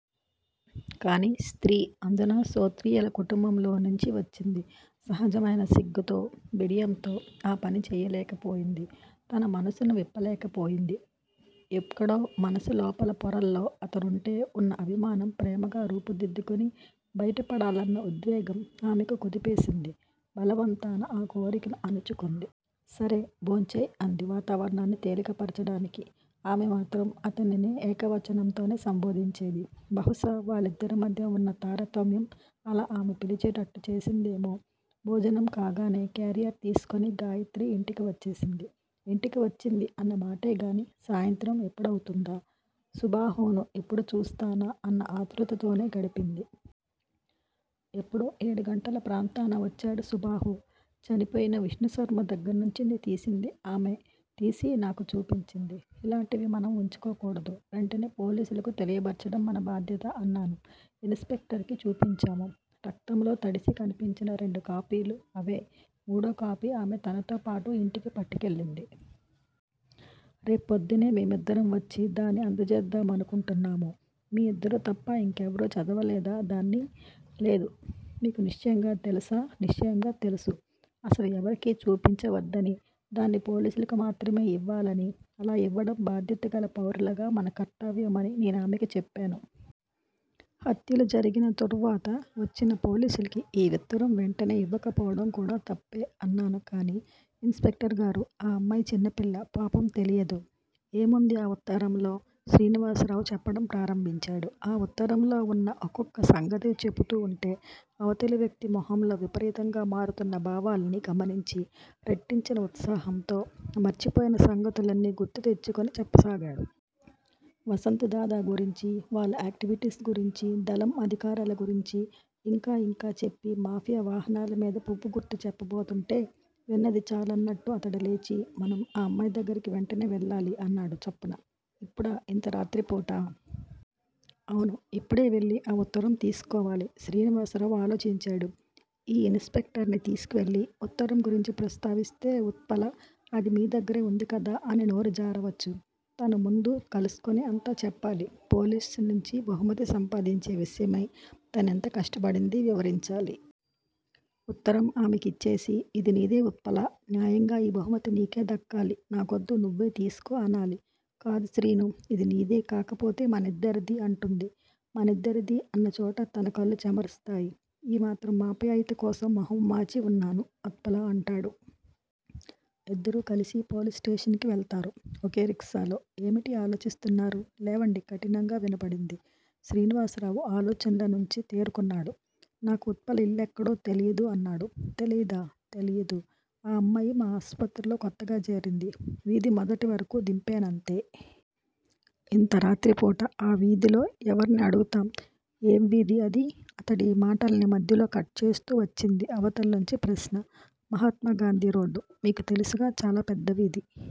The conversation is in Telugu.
కానీ, స్త్రీ అందునా శోత్రీయుల కుటుంబంలోనుంచి వచ్చింది- సహజమైన సిగ్గుతో, బిడియంతో ఆ పని చేయలేకపోయింది. తన మనసును విప్పలేక పోయింది. ఎక్కడో మనసు లోపలి పొరల్లో అతనుంటే వున్న అభిమానం ప్రేమగా రూపు దిద్దుకుని బయటపడాలన్న ఉద్వేగం ఆమెకు కుదిపేసింది. బలవంతాన ఆ కోరికను అణచుకుంది. సరే. భోంచెయ్ అంది వాతావరణాన్ని తేలికపరచడానికి. ఆమె మాత్రం అతనిని ఏకవచనంతోనే సంభోదించేది. బహుశా వాళ్లిద్దరి మధ్యా వున్న తారతమ్యం అలా ఆమె పిలిచేటట్టు చేసిందేమో. భోజనం కాగానే క్యారియర్ తీసుకుని గాయత్రి ఇంటికి వచ్చేసింది ఇంటికొచ్చింది అన్న మాటేగాని సాయంత్రం ఎప్పుడౌతుందా, సుబాహును ఎప్పుడు చూస్తానా అన్న ఆతృతతోనే గడిపింది. ఎప్పుడో ఏడు గంటల ప్రాంతాన వచ్చాడు సుబాహు. చనిపోయిన విష్ణుశర్మ దగ్గర్నుంచి తీసింది ఆమే! తీసి నాకు చూపించింది. ఇలాటివి మనం వుంచుకోకూడదు. వెంటనే పోలీసులకి తెలియబర్చటం మన బాధ్యత అన్నాను. ఇన్ స్పెక్టర్ కి చూపించాము. రక్తంలో తడిసి కనిపించిన రెండు కాపీలూ అవే- మూడో కాపీ ఆమే తనతోపాటూ ఇంటికి పట్టుకెళ్ళింది. రేప్రోద్దున్నే మేమిద్దరం వచ్చి దాన్ని అందజేద్దామనుకుంటున్నాము. మీ ఇద్దరూ తప్ప ఇంకెవరూ చదవలేదా దాన్ని? లేదు మీకు నిశ్చయంగా తెలుసా? నిశ్చయంగా తెలుసు. అసలు ఎవరికీ చూపించవద్దనీ- దాన్ని పోలీసులకి మాత్రమే ఇవ్వాలనీ, అలా ఇవ్వటం బాధ్యతగల పౌరులుగా మన కర్తవ్యం అనీ నేనామెకు చెప్పాను. హత్యలు జరిగిన తుర్వాత వచ్చిన పోలీసులకి ఈ వుత్తరం వెంటనే ఇవ్వకపోవటం కూడా తప్పే అన్నాను కానీ ఇన్ స్పెక్టర్ గారు! ఆ అమ్మాయి చిన్నపిల్ల పాపం తెలీదు. ఏముందీ ఆ వుత్తరంలో? శ్రీనివాసరావు చెప్పటం ప్రారంభించాడు. ఆ వుత్తరంలో వున్న ఒక్కొక్క సంగతే చెపుతూ వుంటే అవతలి వ్యక్తి మొహంలో విపరీతంగా మారుతున్న భావాల్ని గమనించి- రెట్టించిన ఉత్సాహంతో, మార్చిపోయిన సంగతులన్నీ గుర్తుతెచ్చుకుని చెప్పసాగాడు. వసంత్ దాదా గురించీ, వాళ్ళ ఆక్టివిటీస్ గురించీ, దళం అధికారుల గురించీ, ఇంకా ఇంకా చెప్పి, మాఫియా వాహనాల మీద పువ్వు గుర్తు చెప్పబోతుంటే విన్నది చాలన్నట్టు అతడు లేచి, మనం ఆ అమ్మాయి దగ్గరకి వెంటనే వెళ్ళాలి- అన్నాడు చప్పున. ఇప్పుడా? ఇంత రాత్రిపూటా? అవును, ఇప్పుడే వెళ్ళి ఆ వుత్తరం తీసుకోవాలి. శ్రీనివాసరావు ఆలోచించాడు. ఈ ఇన్ స్పెక్టర్ ని తీసుకువెళ్ళి, ఉత్తరం గురించి ప్రస్తావిస్తే ఉత్పల- అది మీ దగ్గరే వుంది కదా అని నోరు జారవచ్చు. తను ముందు కలుసుకుని అంతా చెప్పాలి. పోలీసుల్నించి బహుమతి సంపాదించే విషయమై తనెంత కష్టపడిందీ వివరించాలి. ఉత్తరం ఆమెకిచ్చేసి, ఇది నీదే ఉత్పలా! న్యాయంగా ఈ బహుమతి నీకే దక్కాలి. నాకొద్దు నువ్వే తీసుకో అనాలి. 'కాదు శ్రీనూ, ఇది నీదే- కాకపోతే మనిద్దరిదీ' అంటుంది. మనిద్దరిదీ అన్నచోట తన కళ్ళు చెమరుస్తాయి. 'ఈ మాత్రం ఆప్యాయతకోసం మొహం వాచివున్నాను ఉత్పలా' అంటాడు. ఇద్దరూ కలిసి పోలీస్ స్టేషన్ కి వెళతారు, ఒకే రిక్షాలో ఏమిటి ఆలోచిస్తున్నారు? లేవండి కఠినంగా వినపడింది. శ్రీనివాసరావు ఆలోచన్ల నుంచి తేరుకున్నాడు. నాకు ఉత్పల ఇల్లెక్కడో తెలీదు అన్నాడు. తెలీదా? తెలీదు. ఆ అమ్మాయి మా ఆస్పత్రిలో కొత్తగా జేరింది. వీథి మొదటి వరకూ దింపానంతే. ఇంతరాత్రి పూట ఆ వీథిలో ఎవర్నని అడుగుతాం? ఏం వీథి అది? అతడి మాటల్ని మధ్యలో కట్ చేస్తూ వచ్చింది అవతల్నుంచి ప్రశ్న. మహాత్మాగాంధీరోడ్డు. మీకు తెలుసుగా. చాలా పెద్ద వీధి